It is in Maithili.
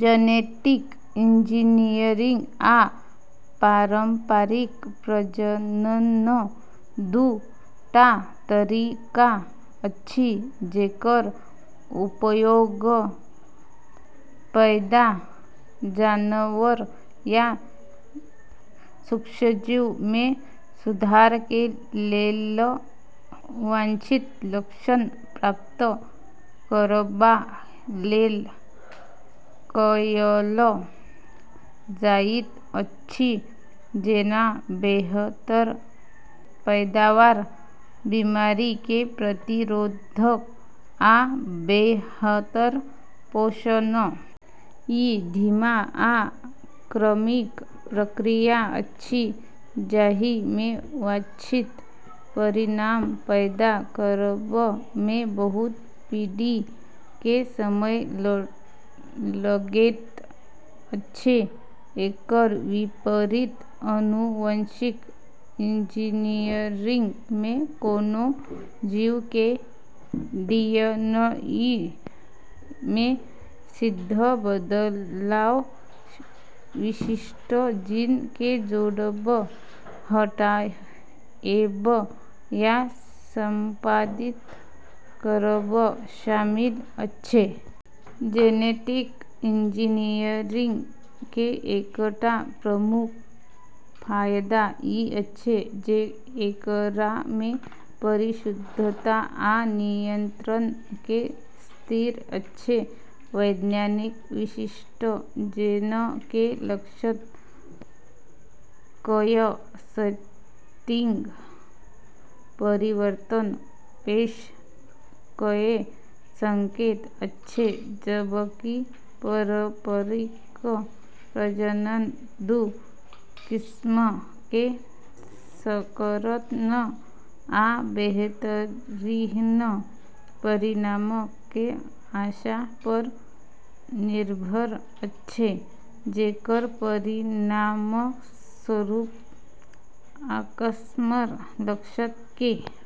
जेनेटिक इंजीनियरिंग आ पारंपरिक प्रजनन दू टा तरीका अछि जेकर उपयोग पौधा, जानवर या सूक्ष्मजीव मे सुधार के लेल वांछित लक्षण प्राप्त करबा लेल कएल जाइत अछि, जेना बेहतर पैदावार, बीमारी के प्रतिरोध, आ बेहतर पोषण। ई धीमा आ क्रमिक प्रक्रिया अछि, जाहि मे वांछित परिणाम पैदा करब मे बहुत पीढ़ी के समय लगैत अछि। एकर विपरीत, आनुवंशिक इंजीनियरिंग मे कोनो जीव के डीएनए मे सीधा बदलाव, विशिष्ट जीन के जोड़ब, हटाएब या संपादित करब शामिल अछि। जेनेटिक इंजीनियरिंग के एकटा प्रमुख फायदा ई अछि जे एकरा मे परिशुद्धता आ नियंत्रण के स्तर अछि। वैज्ञानिक विशिष्ट जीन के लक्षित कए सटीक परिवर्तन पेश कए सकैत अछि, जबकि पारंपरिक प्रजनन दू किस्म के संकरन आ बेहतरीन परिणाम के आशा पर निर्भर अछि, जेकर परिणामस्वरूप अक्सर लक्षण के अप्रत्याशित मिश्रण पैदा भ सकैत अछि।